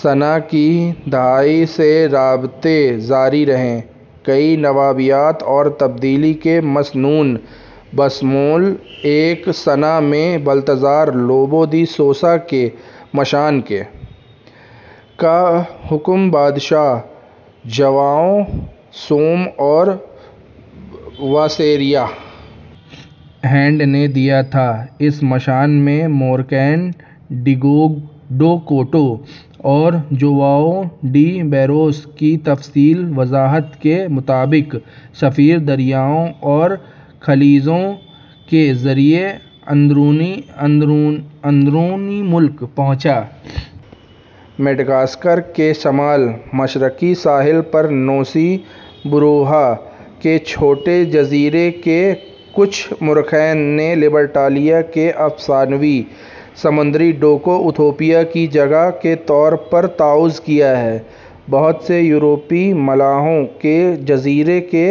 سنہ ء کی دہائی سے رابطے جاری رہے۔ کئی نوآبادیات اور تبدیلی کے مشنوں، بشمول ایک سنہ ء میں بالتزار لوبو ڈی سوسا کے مشن کے، کا حکم بادشاہ جواؤ سوم اور وائسرائے ہند نے دیا تھا، اس مشن میں، مورخین ڈیوگو ڈو کوٹو اور جواؤ ڈی باروس کی تفصیلی وضاحت کے مطابق، سفیر دریاؤں اور خلیجوں کے ذریعے اندرون ملک پہنچے، سامان کا تبادلہ کیا اور یہاں تک کہ مقامی بادشاہوں میں سے ایک کو تبدیل کیا۔ مڈغاسکر کے شمال مشرقی ساحل پر نوسی بوروہا کے چھوٹے جزیرے کو کچھ مورخین نے لبرٹالیا کے افسانوی سمندری ڈاکو یوٹوپیا کی جگہ کے طور پر تجویز کیا ہے۔ بہت سے یورپی ملاحوں کے جزیرے کے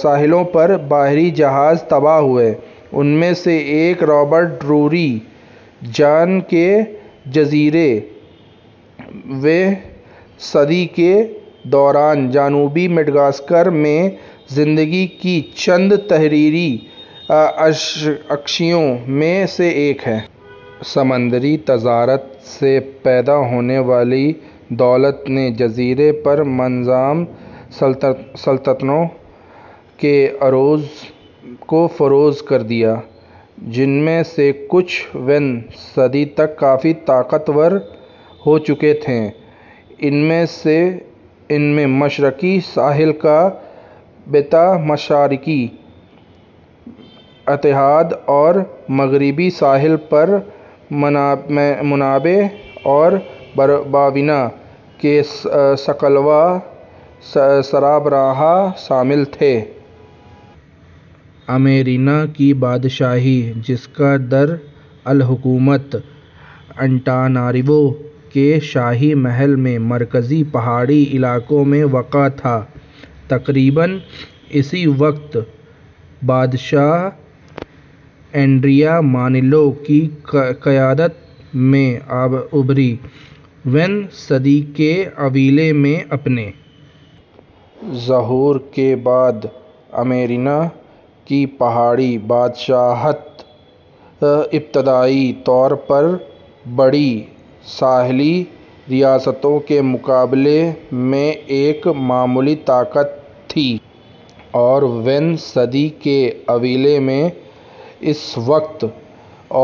ساحلوں پر بحری جہاز تباہ ہوئے، ان میں سے رابرٹ ڈریری، جن کا جریدہ ویں صدی کے دوران جنوبی مڈغاسکر میں زندگی کی چند تحریری عکاسیوں میں سے ایک ہے۔ سمندری تجارت سے پیدا ہونے والی دولت نے جزیرے پر منظم سلطنتوں کے عروج کو فروغ دیا، جن میں سے کچھ ویں صدی تک کافی طاقتور ہو چکی تھیں۔ ان میں مشرقی ساحل کا بیتسمیساراکا اتحاد اور مغربی ساحل پر مینابے اور بوینا کے ساکالوا سربراہان شامل تھے۔ امیرینا کی بادشاہی، جس کا دار الحکومت انتاناناریوو کے شاہی محل میں مرکزی پہاڑی علاقوں میں واقع تھا، تقریباً اسی وقت بادشاہ اینڈریامانیلو کی قیادت میں ابھری۔ ویں صدی کے اوائل میں اپنے ظہور کے بعد، امیرینا کی پہاڑی بادشاہت ابتدائی طور پر بڑی ساحلی ریاستوں کے مقابلے میں ایک معمولی طاقت تھی اور ویں صدی کے اوائل میں اس وقت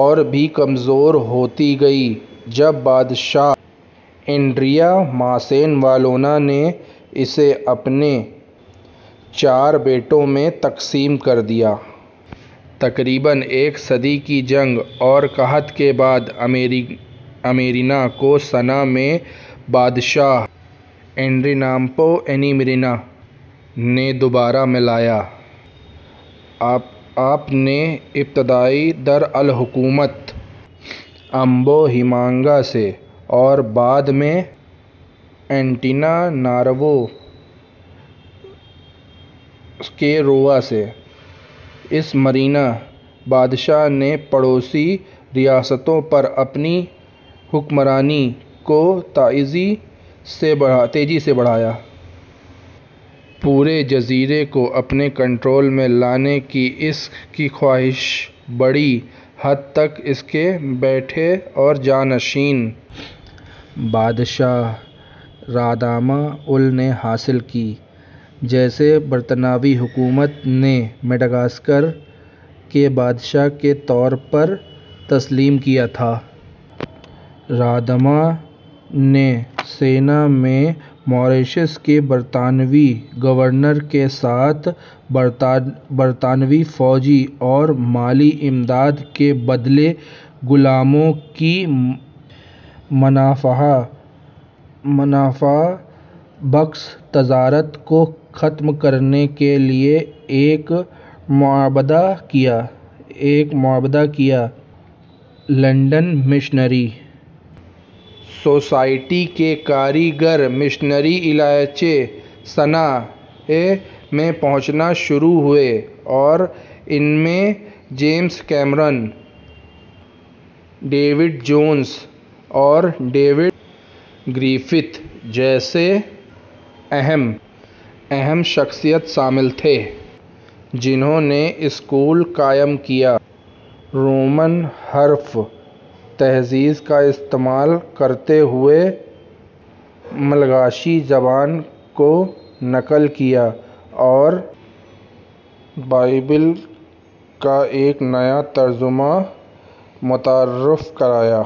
اور بھی کمزور ہوتی گئی جب بادشاہ اندیریاماسیناوالونا نے اسے اپنے چار بیٹوں میں تقسیم کر دیا۔ تقریباً ایک صدی کی جنگ اور قحط کے بعد، امیرینا کو سنہ ء میں بادشاہ اینڈرینامپوینیمیرینا نے دوبارہ ملایا۔ اپنے ابتدائی دار الحکومت امبوہیمانگا سے اور بعد میں انتاناناریوو کے رووا سے، اس مرینا بادشاہ نے پڑوسی ریاستوں پر اپنی حکمرانی کو تیزی سے بڑھایا۔ پورے جزیرے کو اپنے کنٹرول میں لانے کی اس کی خواہش بڑی حد تک اس کے بیٹے اور جانشین، بادشاہ رداما اول نے حاصل کی، جسے برطانوی حکومت نے مڈغاسکر کے بادشاہ کے طور پر تسلیم کیا تھا۔ راداما نے سنہ ء میں ماریشس کے برطانوی گورنر کے ساتھ برطانوی فوجی اور مالی امداد کے بدلے غلاموں کی منافع بخش تجارت کو ختم کرنے کے لیے ایک معاہدہ کیا۔ لندن مشنری سوسائٹی کے کاریگر مشنری ایلچی سنہ ء میں پہنچنا شروع ہوئے اور ان میں جیمز کیمرون، ڈیوڈ جونز اور ڈیوڈ گریفتھس جیسی اہم شخصیات شامل تھیں، جنھوں نے اسکول قائم کیے، رومن حروف تہجی کا استعمال کرتے ہوئے ملاگاسی زبان کو نقل کیا اور بائبل کا ایک نیا ترجمہ متعارف کرایا۔